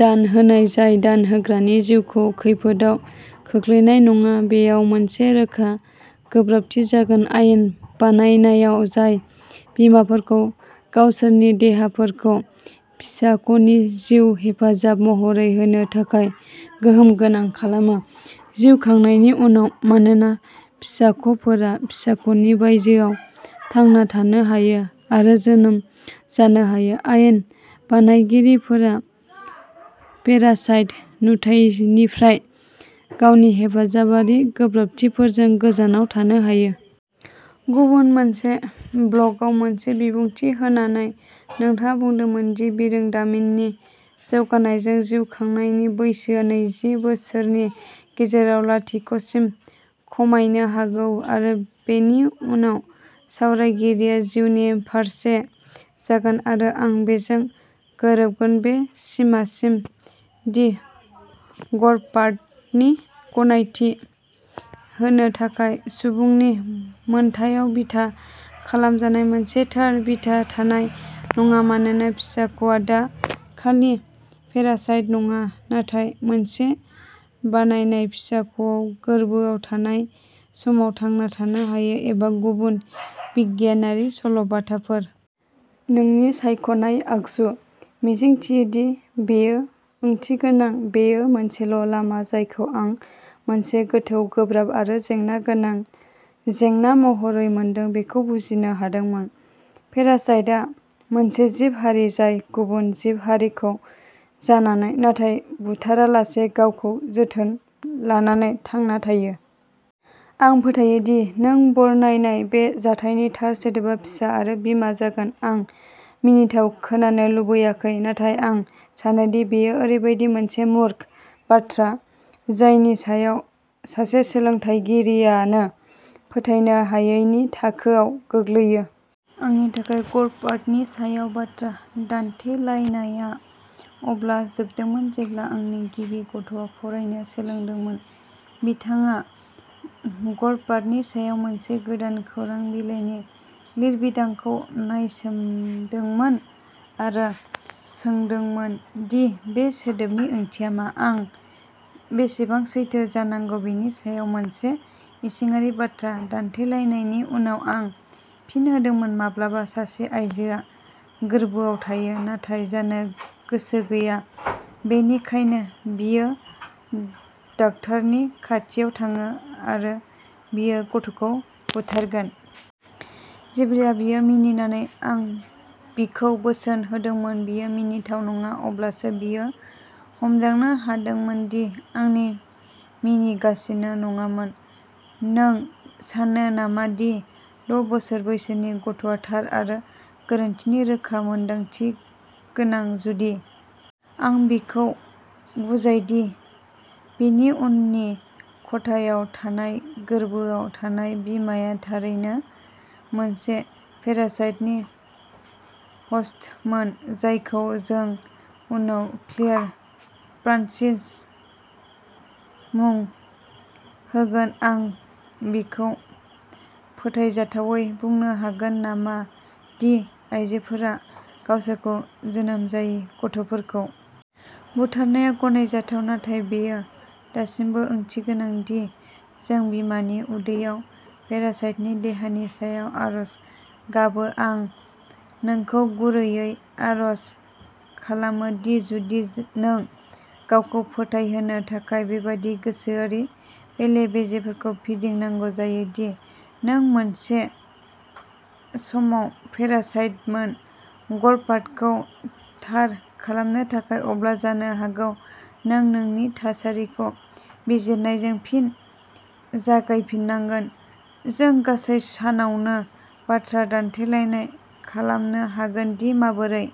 दान होनाय जाय दान होग्रानि जिउखौ खैफोदाव खोख्लैनाय नङा, बेयाव मोनसे रोखा गोब्राबथि जागोन आयेन बानायनायाव जाय बिमाफोरखौ गावसोरनि देहाफोरखौ फिसाख'नि जिउ हेफाजाब महरै होनो थाखाय गोहोम गोनां खालामो। जिउ खांनायनि उनाव, मानोना फिसाख'फोरा फिसाख'नि बायजोआव थांना थानो हायो आरो जोनोम जानो हायो आयेन बानायगिरिफोरा पेरासाइट नुथाइनिफ्राय गावनि हेफाजाबारि गोब्राबथिफोरजों गोजानाव थानो हायो। गुबुन मोनसे ब्लगआव मोनसे बिबुंथि होनानै, नोंथाङा बुंदोंमोन दि बिरोंदामिननि जौगानायजों, जिउ खांनायनि बैसोआ नैजि बोसोरनि गेजेराव लाथिख'सिम खमायनो हागौ आरो बेनि उनाव सावरायगिरिया जिउनि फारसे जागोन, आरो आं बेजों गोरोबगोन बे सिमासिम दि गर्भपातनि गनायथि होनो थाखाय सुबुंनि मोनथायाव बिथा खालामजानाय मोनसे थार बिथा थानाय नङा मानोना फिसाख'आ दा खालि पेरासाइट नङा नाथाय मोनसे बानायनाय फिसाख' गोर्बोआव थानाय समाव थांना थानो हायो, एबा गुबुन बिगियानारि सल'बाथाफोर। नोंनि सायख'नाय आगजु। मिजिंथियो दि बेयो ओंथिगोनां बेयो मोनसेल' लामा जायखौ आं मोनसे गोथौ गोब्राब आरो जेंना गोनां जेंना महरै मोनदों बेखौ बुजिनो हादोंमोन। पेरासाइटआ मोनसे जिब-हारि जाय गुबुन जिब-हारिखौ जानानै, नाथाय बुथारालासे गावखौ जोथोन लानानै थांना थायो। आं फोथायो दि नों बरनायनाय बे जाथायनि थार सोदोबा फिसा आरो बिमा जागोन। आं मिनिथाव खोनानो लुबैयाखै, नाथाय आं सानोदि बेयो ओरैबायदि मोनसे मूर्ख बाथ्रा जायनि सायाव सासे सोलोंथायगिरियानो फोथायनो हायैनि थाखोआव गोग्लैयो। आंनि थाखाय, गर्भपातनि सायाव बाथ्रा दान्थेलायनाया अब्ला जोबदोंमोन जेब्ला आंनि गिबि गथ'आ फरायनो सोलोंदोंमोन। बिथाङा गर्भपातनि सायाव मोनसे गोदान खौरां बिलाइनि लिरबिदांखौ नायसोमदोंमोन आरो सोंदोंमोन दि बे सोदोबनि ओंथिया मा। आं बेसेबां सैथो जानांगौ बेनि सायाव मोनसे इसिङारि बाथ्रा दान्थेलायनायनि उनाव आं फिन होदोंमोन माब्लाबा सासे आयजोआ गोरबोआव थायो, नाथाय जानो गोसो गैया, बेनिखायनो बियो डाक्टारनि खाथियाव थाङो आरो बियो गथ'खौ बुथारगोन। जेब्ला बियो मिनिनानै आं बिखौ बोसोन होदोंमोन, बेयो मिनिथाव नङा अब्लासो बियो हमदांनो हादोंमोन दि आं मिनिगासिनो नङामोन। नों सानो नामा दि द' बोसोर बैसोनि गथ'आ थार आरो गोरोन्थिनि रोखा मोनदांथि गोनां, जुदि आं बिखौ बुजायदि बिनि उननि खथायाव थानाय गोरबोआव थानाय बिमाया थारैनो मोनसे पेरासाइटनि ह'स्टमोन, जायखौ जों उनाव क्लेयार फ्रान्सिस मुं होगोन आं बिखौ फोथायजाथावै बुंनो हागोन नामा दि आयजोफोरा गावसोरनि जोनोम जायि गथ'फोरखौ बुथारनाया गनायजाथाव, नाथाय बेयो दासिमबो ओंथिगोनां दि जों बिमानि उदैयाव पेरासाइटनि देहानि थाखाय आरज गाबो आं नोंखौ गुरैयै आर'ज खालामो दि जुदि नों गावखौ फोथायहोनो थाखाय बेबादि गोसोआरि बेले-बेजेफोरखौ फिदिंनांगौ जायो दि नों मोनसे समाव पेरासाइटमोन, गर्भपातखौ थार खालामनो थाखाय, अब्ला जानो हागौ नों नोंनि थासारिखौ बिजिरनायजों फिन जागायफिननांगोन। जों गासै सानावनो बाथ्रा दान्थेलायनाय खालामनो हागोन दि माबोरै।